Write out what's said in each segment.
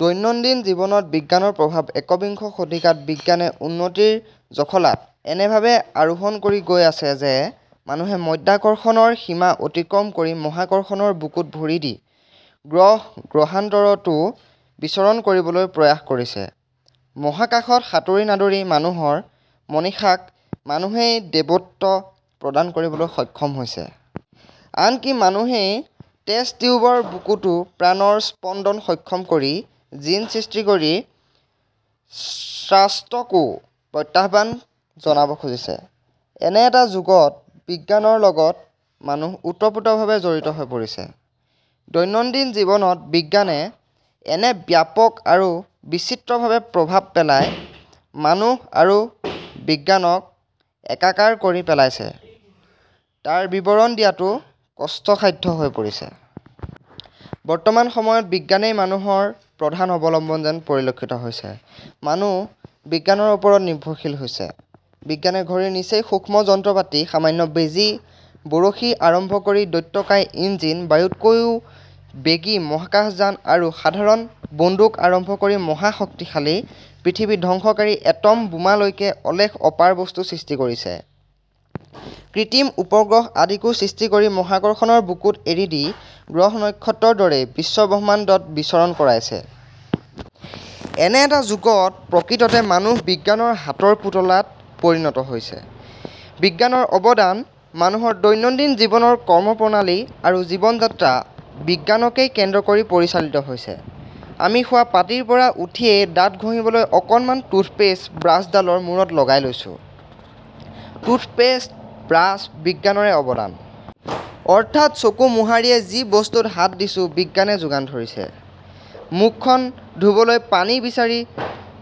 দৈনন্দিন জীৱনত বিজ্ঞানৰ প্ৰভাৱ একবিংশ শতিকাত বিজ্ঞানে উন্নতিৰ জখলাত এনেভাবে আৰোহণ কৰি গৈ আছে যে মানুহে মাধ্যাকৰ্ষণৰ সীমা অতিক্ৰম কৰি মহাকৰ্ষণৰ বুকুত ভৰি দি গ্ৰহ-গ্ৰহান্তৰতো বিচৰণ কৰিবলৈ প্ৰয়াস কৰিছে। মহাকাশত সাঁতুৰি-নাদুৰি মানুহৰ মনীষাক মানুহেই দেৱত্ব প্ৰদান কৰিবলৈ সক্ষম হৈছে। আনকি মানুহেই টেষ্ট টিউবৰ বুকুতো প্ৰাণৰ স্পন্দন সক্ষম কৰি, জিন সৃষ্টি কৰি স্ৰষ্টাকো প্ৰত্যাহ্বান জনাব খুজিছে। এনে এটা যুগত বিজ্ঞানৰ লগত মানুহ ওতপ্ৰোতভাৱে জড়িত হৈ পৰিছে। দৈনন্দিন জীৱনত বিজ্ঞানে কেনে ব্যাপক আৰু বিচিত্ৰভাবে প্ৰভাৱ পেলাই মানুহ আৰু বিজ্ঞানক একাকাৰ কৰি পেলাইছে তাৰ বিৱৰণ দিয়াটো কষ্ট-সাধ্য হৈ পৰিছে। বৰ্তমান সময়ত বিজ্ঞানেই মানুহৰ প্ৰধান অৱলম্বন যেন পৰিলক্ষিত হৈছে। মানুহ বিজ্ঞানৰ ওপৰত নিৰ্ভৰশীল হৈছে: বিজ্ঞানে ঘড়ীৰ নিচেই সূক্ষ্ম যন্ত্ৰপাতি, সামান্য বেজী, বৰশী আৰম্ভ কৰি দৈত্যকায় ইঞ্জিন, বায়ুতকৈও বেগী মহাকাশযান আৰু সাধাৰণ বন্দুক আৰম্ভ কৰি মহাশক্তিশালী, পৃথিৱী ধ্বংসকাৰী এটম বোমালৈকে অলেখ অপাৰ বস্তু সৃষ্টি কৰিছে, কৃত্ৰিম উপগ্ৰহ আদিকো সৃষ্টি কৰি মহাকৰ্ষণৰ বুকুত এৰি দি গ্ৰহ-নক্ষত্ৰৰ দৰেই বিশ্বব্ৰহ্মাণ্ডত বিচৰণ কৰাইছে। এনে এটা যুগত প্ৰকৃততে মানুহ বিজ্ঞানৰ হাতৰ পুতলাত পৰিণত হৈছে। বিজ্ঞানৰ অৱদান: মানুহৰ দৈনন্দিন জীৱনৰ কৰ্ম-প্ৰণালী আৰু জীৱন-যাত্ৰা বিজ্ঞানকেই কেন্দ্ৰ কৰি পৰিচালিত হৈছে। আমি শোৱা পাটীৰ পৰা উঠিয়েই দাঁত ঘঁহিবলৈ অকণমান টুথপেষ্ট ব্ৰাছডালৰ মূৰত লগাই লৈছো, টুথপেষ্ট, ব্ৰাছ বিজ্ঞানৰে অৱদান। অৰ্থাৎ চকু মোহাৰিয়ে যি বস্তুত হাত দিছো বিজ্ঞানে যোগান ধৰিছে। মুখখন ধুবলৈ পানী বিচাৰি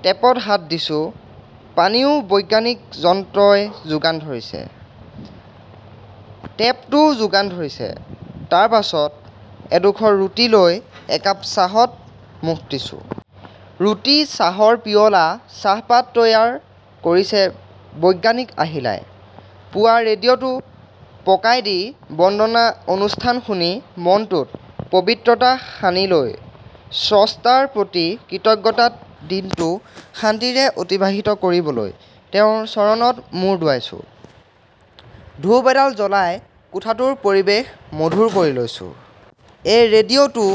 টেপত হাত দিছোঁ, পানীও বৈজ্ঞানিক যন্ত্ৰই যোগান ধৰিছে; টেপটোও যোগান ধৰিছে, তাৰ পাছত এডোখৰ ৰুটি লৈ একাপ চাহত মুখ দিছো। ৰুটি, চাহৰ পিয়লা, চাহপাত তৈয়াৰ কৰিছে বৈজ্ঞানিক আহিলাই। পুৱা ৰেডিঅ'টো পকাই দি বন্দনা অনুষ্ঠান শুনি মনটোত পবিত্ৰতা সানি লৈ স্ৰষ্টাৰ প্ৰতি কৃতজ্ঞতাত দিনটো শান্তিৰে অতিবাহিত কৰিবলৈ তেওঁৰ চৰণত মুৰ দোৱাইছোঁ, ধূপ এডাল জ্বলাই কোঠাটোৰ পৰিৱেশ মধুৰ কৰি লৈছো। এই ৰেডিঅ টো,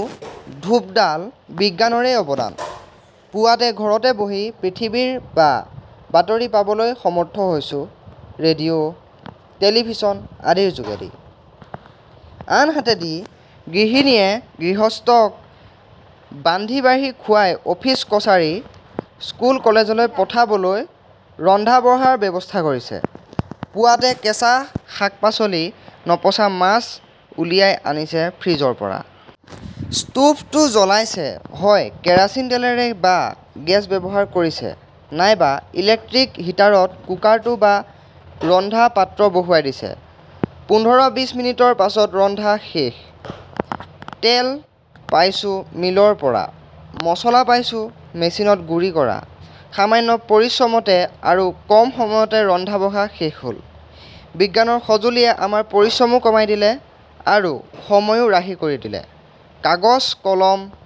ধূপ ডাল বিজ্ঞানৰেই অৱদান। পুৱাতে ঘৰতে বহি পৃথিৱীৰ বা বাতৰি পাবলৈ সমৰ্থ হৈছো ৰেডিঅ', টেলিভিছন আদিৰ যোগেদি। আনহাতে দি গৃহিণীয়ে গৃহস্থক বান্ধি-বাঢ়ি খুবাই অফিচ-কাছাৰী, স্কুল-কলেজলৈ পঠাবলৈ ৰন্ধা বঢ়াৰ ব্যৱস্থা কৰিছে, পুৱাতে কেঁচা শাক-পাচলি, নপচা মাছ উলিয়াই আনিছে ফ্ৰিজব পৰা। স্টোভটো জ্বলাইছে হয় কেৰাচিন তেলেৰে বা গেছ ব্যৱহাৰ কৰিছে- নাইবা ইলেকট্ৰিক হিটাৰত কুকাৰটো বা ৰন্ধা পাত্ৰ বহুৱাই দিছে; পোন্ধৰ-বিশ মিনিটৰ পাছত ৰন্ধা শেষ। তেল পাইছো মিলৰ পৰা, মছলা পাইছো মেচিনত গুৰি কৰা; সামান্য পৰিশ্ৰমতে আৰু কম সময়তে ৰন্ধাবঢ়া শেষ হ'ল; বিজ্ঞানৰ সঁজুলিয়ে আমাৰ পৰিশ্ৰমো কমাই দিলে আৰু সময়ো ৰাহি কৰি দিলে। কাগজ, কলম,